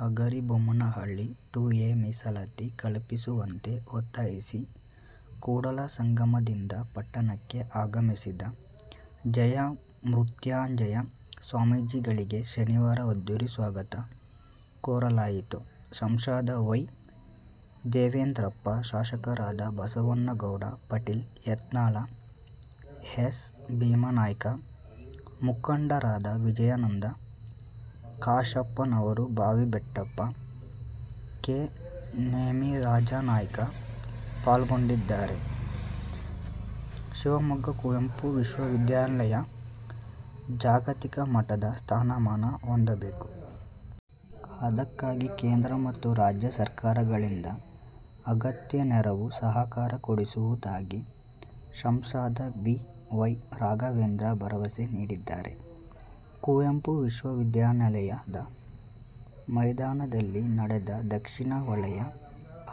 Hagaribommanahalli: two A ಮೀಸಲಾತಿ ಕಲ್ಪಿಸುವಂತೆ ಒತ್ತಾಯಿಸಿ ಕೂಡಲಸಂಗಮದಿಂದ ಪಟ್ಟಣಕ್ಕೆ ಆಗಮಿಸಿದ ಜಯಮೃತ್ಯುಂಜಯ ಸ್ವಾಮೀಜಿಗಳಿಗೆ ಶನಿವಾರ ಅದ್ಧೂರಿ ಸ್ವಾಗತ ಕೋರಲಾಯಿತು. ಸಂಸದ ವೈ. ದೇವೇಂದ್ರಪ್ಪ, ಶಾಸಕರಾದ ಬಸವನಗೌಡ ಪಾಟೀಲ್ ಯತ್ನಾಳ, ಎಸ್. ಭೀಮನಾಯ್ಕ, ಮುಖಂಡರಾದ ವಿಜಯಾನಂದ ಕಾಶಪ್ಪನವರ್, ಬಾವಿ ಬೆಟ್ಟಪ್ಪ, ಕೆ. ನೇಮಿರಾಜನಾಯ್ಕ ಪಾಲ್ಗೊಂಡಿದ್ದಾರೆ. ಶಿವಮೊಗ್ಗ: ಕುವೆಂಪು ವಿಶ್ವವಿದ್ಯಾಲಯ ಜಾಗತಿಕ ಮಟ್ಟದ ಸ್ಥಾನಮಾನ ಹೊಂದಬೇಕು. ಅದಕ್ಕಾಗಿ ಕೇಂದ್ರ ಮತ್ತು ರಾಜ್ಯ ಸರ್ಕಾರಗಳಿಂದ ಅಗತ್ಯ ನೆರವು, ಸಹಕಾರ ಕೊಡಿಸುವುದಾಗಿ ಸಂಸದ ಬಿ. ವೈ. ರಾಘವೇಂದ್ರ ಭರವಸೆ ನೀಡಿದ್ದಾರೆ. ಕುವೆಂಪು ವಿಶ್ವವಿದ್ಯಾಲಯದ ಮೈದಾನದಲ್ಲಿ ನಡೆದ ದಕ್ಷಿಣ ವಲಯ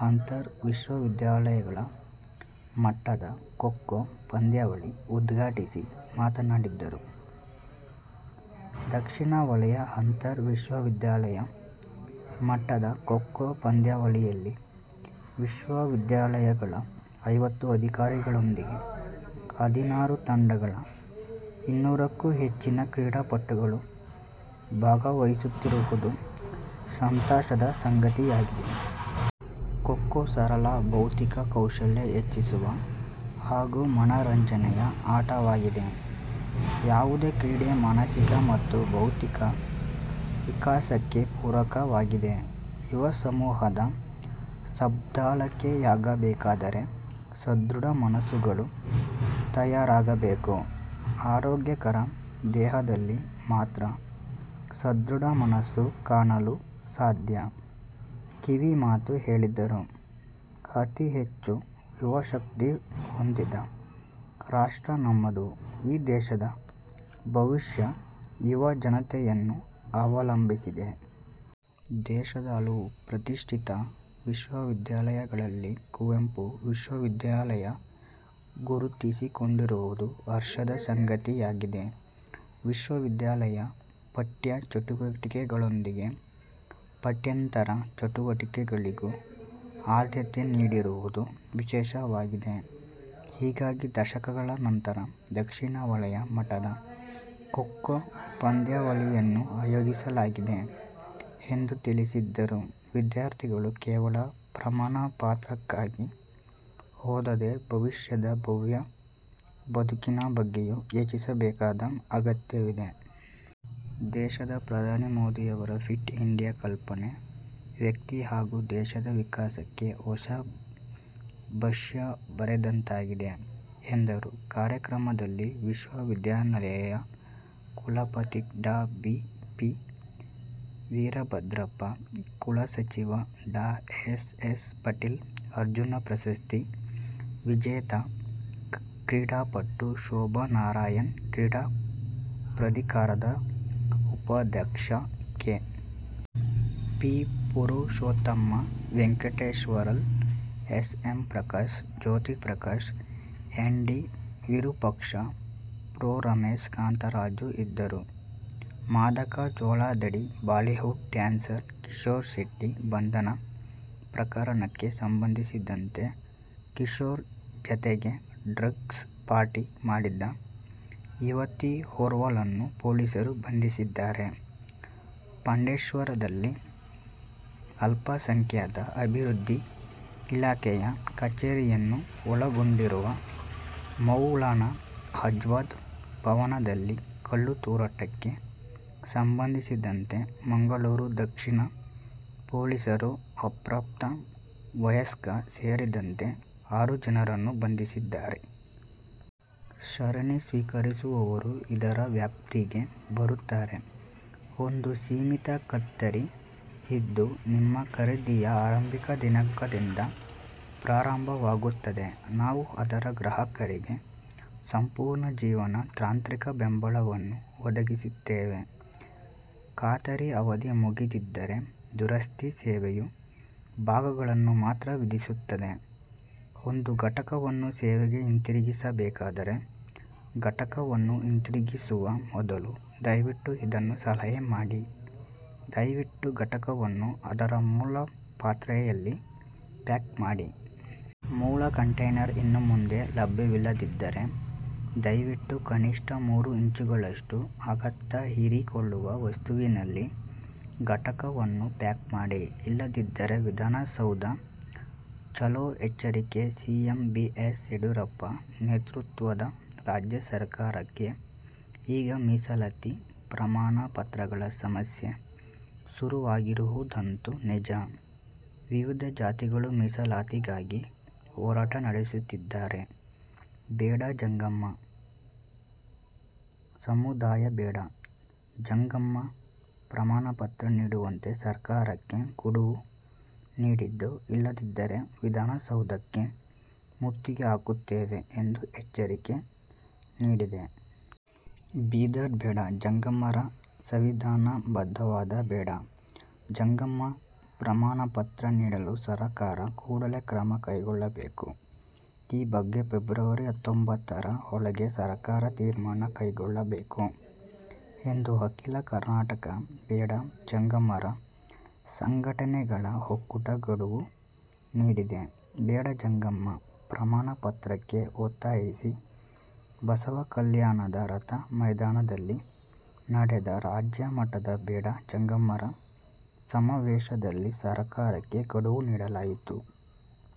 ಅಂತರ್ ವಿಶ್ವವಿದ್ಯಾಲಯಗಳ ಮಟ್ಟದ ಖೋ-ಖೋ ಪಂದ್ಯಾವಳಿ ಉದ್ಘಾಟಿಸಿ ಮಾತನಾಡಿದರು. ದಕ್ಷಿಣ ವಲಯ ಅಂತರ್ ವಿಶ್ವವಿದ್ಯಾಲಯ ಮಟ್ಟದ ಖೋ-ಖೋ ಪಂದ್ಯಾವಳಿಯಲ್ಲಿ ವಿಶ್ವ ವಿದ್ಯಾಲಯಗಳ ಐವತ್ತು ಅಧಿಕಾರಿಗಳೊಂದಿಗೆ ಹದಿನಾರು ತಂಡಗಳ ಇನ್ನೂರಕ್ಕೂ ಹೆಚ್ಚಿನ ಕ್ರೀಡಾಪಟುಗಳು ಭಾಗವಹಿಸುತ್ತಿರುವುದು ಸಂತಸದ ಸಂಗತಿಯಾಗಿದೆ. ಖೋ-ಖೋ ಸರಳ, ಬೌದ್ಧಿಕ ಕೌಶಲ್ಯ ಹೆಚ್ಚಿಸುವ ಹಾಗೂ ಮನರಂಜನೆಯ ಆಟವಾಗಿದೆ. ಯಾವುದೇ ಕ್ರೀಡೆ ಮಾನಸಿಕ ಮತ್ತು ಬೌದ್ಧಿಕ ವಿಕಾಸಕ್ಕೆ ಪೂರಕವಾಗಿದೆ. ಯುವ ಸಮೂಹದ ಸದ್ಬಳಕೆಯಾಗಬೇಕಾದರೆ ಸದೃಢ ಮನಸ್ಸುಗಳು ತಯಾರಾಗಬೇಕು. ಆರೋಗ್ಯಕರ ದೇಹದಲ್ಲಿ ಮಾತ್ರ ಸದೃಢ ಮನಸ್ಸು ಕಾಣಲು ಸಾಧ್ಯ ಕಿವಿ ಮಾತು ಹೇಳಿದರು. ಅತಿಹೆಚ್ಚು ಯುವಶಕ್ತಿ ಹೊಂದಿದ ರಾಷ್ಟ್ರ ನಮ್ಮದು, ಈ ದೇಶದ ಭವಿಷ್ಯ ಯುವಜನತೆಯನ್ನು ಅವಲಂಬಿಸಿದೆ. ದೇಶದ ಹಲವು ಪ್ರತಿಷ್ಠಿತ ವಿಶ್ವವಿದ್ಯಾಲಯಗಳಲ್ಲಿ ಕುವೆಂಪು ವಿಶ್ವವಿದ್ಯಾಲಯ ಗುರುತಿಸಿಕೊಂಡಿರುವುದು ಹರ್ಷದ ಸಂಗತಿಯಾಗಿದೆ. ವಿಶ್ವವಿದ್ಯಾಲಯ ಪಠ್ಯ ಚಟುವಟಿಕೆಗಳೊಂದಿಗೆ ಪಠ್ಯೇತರ ಚಟುವಟಿಕೆಗಳಿಗೂ ಆದ್ಯತೆ ನೀಡಿರುವುದು ವಿಶೇಷವಾಗಿದೆ. ಹೀಗಾಗಿ ದಶಕಗಳ ನಂತರ ದಕ್ಷಿಣ ವಲಯ ಮಟ್ಟದ ಖೋ-ಖೋ ಪಂದ್ಯಾವಳಿಯನ್ನು ಆಯೋಜಿಸಲಾಗಿದೆ ಎಂದು ತಿಳಿಸಿದರು. ವಿದ್ಯಾರ್ಥಿಗಳು ಕೇವಲ ಪ್ರಮಾಣ ಪತ್ರಕ್ಕಾಗಿ ಓದದೇ ಭವಿಷ್ಯದ ಭವ್ಯ ಬದುಕಿನ ಬಗ್ಗೆಯೂ ಯೋಚಿಸಬೇಕಾದ ಅಗತ್ಯವಿದೆ. ದೇಶದ ಪ್ರಧಾನಿ ಮೋದಿಯವರ ಫಿಟ್ ಇಂಡಿಯಾ ಕಲ್ಪನೆ ವ್ಯಕ್ತಿ ಹಾಗೂ ದೇಶದ ವಿಕಾಸಕ್ಕೆ ಹೊಸ ಭಾಷ್ಯ ಬರೆದಂತಾಗಿದೆ ಎಂದರು. ಕಾರ್ಯಕ್ರಮದಲ್ಲಿ ವಿಶ್ವವಿದ್ಯಾಲಯಯ ಕುಲಪತಿ ಡಾ. ಬಿ. ಪಿ. ವೀರಭದ್ರಪ್ಪ, ಕುಲಸಚಿವ ಡಾ. ಎಸ್. ಎಸ್. ಪಾಟೀಲ್, ಅರ್ಜುನ ಪ್ರಶಸ್ತಿ ವಿಜೇತ ಕ್ರೀಡಾಪಟು ಶೋಭಾ ನಾರಾಯಣ್, ಕ್ರೀಡಾ ಪ್ರಾಧಿಕಾರದ ಉಪಾಧ್ಯಕ್ಷ K. P. Purushottama, Venkateswarlu, S. M. Prakash, Jyothi Prakash, N. D. Virupaksha, pro. Ramesh, Kantharaju ಇದ್ದರು. ಮಾದಕ ಜಾಲದಡಿ ಬಾಲಿವುಡ್ ಡ್ಯಾನ್ಸರ್ ಕಿಶೋರ್ ಶೆಟ್ಟಿ ಬಂಧನ ಪ್ರಕರಣಕ್ಕೆ ಸಂಬಂಧಿಸಿದಂತೆ ಕಿಶೋರ್ ಜತೆಗೆ ಡ್ರಗ್ ಪಾರ್ಟಿ ಮಾಡಿದ್ದ ಯುವತಿಯೋರ್ವಳನ್ನು ಪೊಲೀಸರು ಬಂಧಿಸಿದ್ದಾರೆ. ಪಾಂಡೇಶ್ವರದಲ್ಲಿ ಅಲ್ಪಸಂಖ್ಯಾತ ಅಭಿವೃದ್ಧಿ ಇಲಾಖೆಯ ಕಚೇರಿಯನ್ನು ಒಳಗೊಂಡಿರುವ ಮೌಲಾನಾ ಆಜಾದ್ ಭವನದಲ್ಲಿ ಕಲ್ಲು ತೂರಾಟಕ್ಕೆ ಸಂಬಂಧಿಸಿದಂತೆ ಮಂಗಳೂರು ದಕ್ಷಿಣ ಪೊಲೀಸರು ಅಪ್ರಾಪ್ತ ವಯಸ್ಕ ಸೇರಿದಂತೆ ಆರು ಜನರನ್ನು ಬಂಧಿಸಿದ್ದಾರೆ. ಸರಣಿ ಸ್ವೀಕರಿಸುವವರು ಇದರ ವ್ಯಾಪ್ತಿಗೆ ಬರುತ್ತಾರೆ ಒಂದು ಸೀಮಿತ ಖಾತರಿ, ಇದು ನಿಮ್ಮ ಖರೀದಿಯ ಆರಂಭಿಕ ದಿನಾಂಕದಿಂದ ಪ್ರಾರಂಭವಾಗುತ್ತದೆ. ನಾವು ಅದರ ಗ್ರಾಹಕರಿಗೆ ಸಂಪೂರ್ಣ ಜೀವನ ತಾಂತ್ರಿಕ ಬೆಂಬಲವನ್ನು ಒದಗಿಸುತ್ತೇವೆ. ಖಾತರಿ ಅವಧಿ ಮುಗಿದಿದ್ದರೆ, ದುರಸ್ತಿ ಸೇವೆಯು ಭಾಗಗಳನ್ನು ಮಾತ್ರ ವಿಧಿಸುತ್ತದೆ. ಒಂದು ಘಟಕವನ್ನು ಸೇವೆಗೆ ಹಿಂತಿರುಗಿಸಬೇಕಾದರೆ, ಘಟಕವನ್ನು ಹಿಂದಿರುಗಿಸುವ ಮೊದಲು, ದಯವಿಟ್ಟು ಇದನ್ನು ಸಲಹೆ ಮಾಡಿ: ದಯವಿಟ್ಟು ಘಟಕವನ್ನು ಅದರ ಮೂಲ ಪಾತ್ರೆಯಲ್ಲಿ ಪ್ಯಾಕ್ ಮಾಡಿ. ಮೂಲ ಕಂಟೇನರ್ ಇನ್ನು ಮುಂದೆ ಲಭ್ಯವಿಲ್ಲದಿದ್ದರೆ, ದಯವಿಟ್ಟು ಕನಿಷ್ಠ ಮೂರು ಇಂಚುಗಳಷ್ಟು ಆಘಾತ ಹೀರಿಕೊಳ್ಳುವ ವಸ್ತುವಿನಲ್ಲಿ ಘಟಕವನ್ನು ಪ್ಯಾಕ್ ಮಾಡಿ. ಇಲ್ಲದಿದ್ದರೆ ವಿಧಾನಸೌಧ ಚಲೋ ಎಚ್ಚರಿಕೆ ಸಿಎಂ ಬಿಎಸ್ ಯಡಿಯೂರಪ್ಪ ನೇತೃತ್ವದ ರಾಜ್ಯ ಸರಕಾರಕ್ಕೆ ಈಗ ಮೀಸಲಾತಿ, ಪ್ರಮಾಣ ಪತ್ರಗಳ ಸಮಸ್ಯೆ ಶುರುವಾಗಿರುವುದಂತೂ ನಿಜ. ವಿವಿಧ ಜಾತಿಗಳು ಮೀಸಲಾತಿಗಾಗಿ ಹೋರಾಟ ನಡೆಸುತ್ತಿದ್ದರೆ, ಬೇಡ ಜಂಗಮ ಸಮುದಾಯ ಬೇಡ ಜಂಗಮ ಪ್ರಮಾಣ ಪತ್ರ ನೀಡುವಂತೆ ಸರಕಾರಕ್ಕೆ ಗುಡುವು ನೀಡಿದ್ದು, ಇಲ್ಲದಿದ್ದರೆ ವಿಧಾನಸೌಧಕ್ಕೆ ಮುತ್ತಿಗೆ ಹಾಕುತ್ತೇವೆ ಎಂದು ಎಚ್ಚರಿಕೆ ನೀಡಿದೆ. ಬೀದರ್: ಬೇಡ ಜಂಗಮರ ಸಂವಿಧಾನ ಬದ್ದವಾದ ಬೇಡ ಜಂಗಮ ಪ್ರಮಾಣ ಪತ್ರ ನೀಡಲು ಸರಕಾರ ಕೂಡಲೇ ಕ್ರಮ ಕೈಗೊಳ್ಳಬೇಕು. ಈ ಬಗ್ಗೆ ಫೆಬ್ರವರಿ ಹತ್ತೊಂಬತ್ತರ ಒಳಗೆ ಸರಕಾರ ತೀರ್ಮಾನ ಕೈಗೊಳ್ಳಬೇಕು ಎಂದು ಅಖಿಲ ಕರ್ನಾಟಕ ಬೇಡ ಜಂಗಮರ ಸಂಘಟನೆಗಳ ಒಕ್ಕೂಟ ಗಡುವು ನೀಡಿದೆ. ಬೇಡ ಜಂಗಮ ಪ್ರಮಾಣ ಪತ್ರಕ್ಕೆ ಒತ್ತಾಯಿಸಿ ಬಸವಕಲ್ಯಾಣದ ರಥ ಮೈದಾನದಲ್ಲಿ ನಡೆದ ರಾಜ್ಯಮಟ್ಟದ ಬೇಡ ಜಂಗಮರ ಸಮಾವೇಶದಲ್ಲಿ ಸರಕಾರಕ್ಕೆ ಗಡುವು ನೀಡಲಾಯಿತು.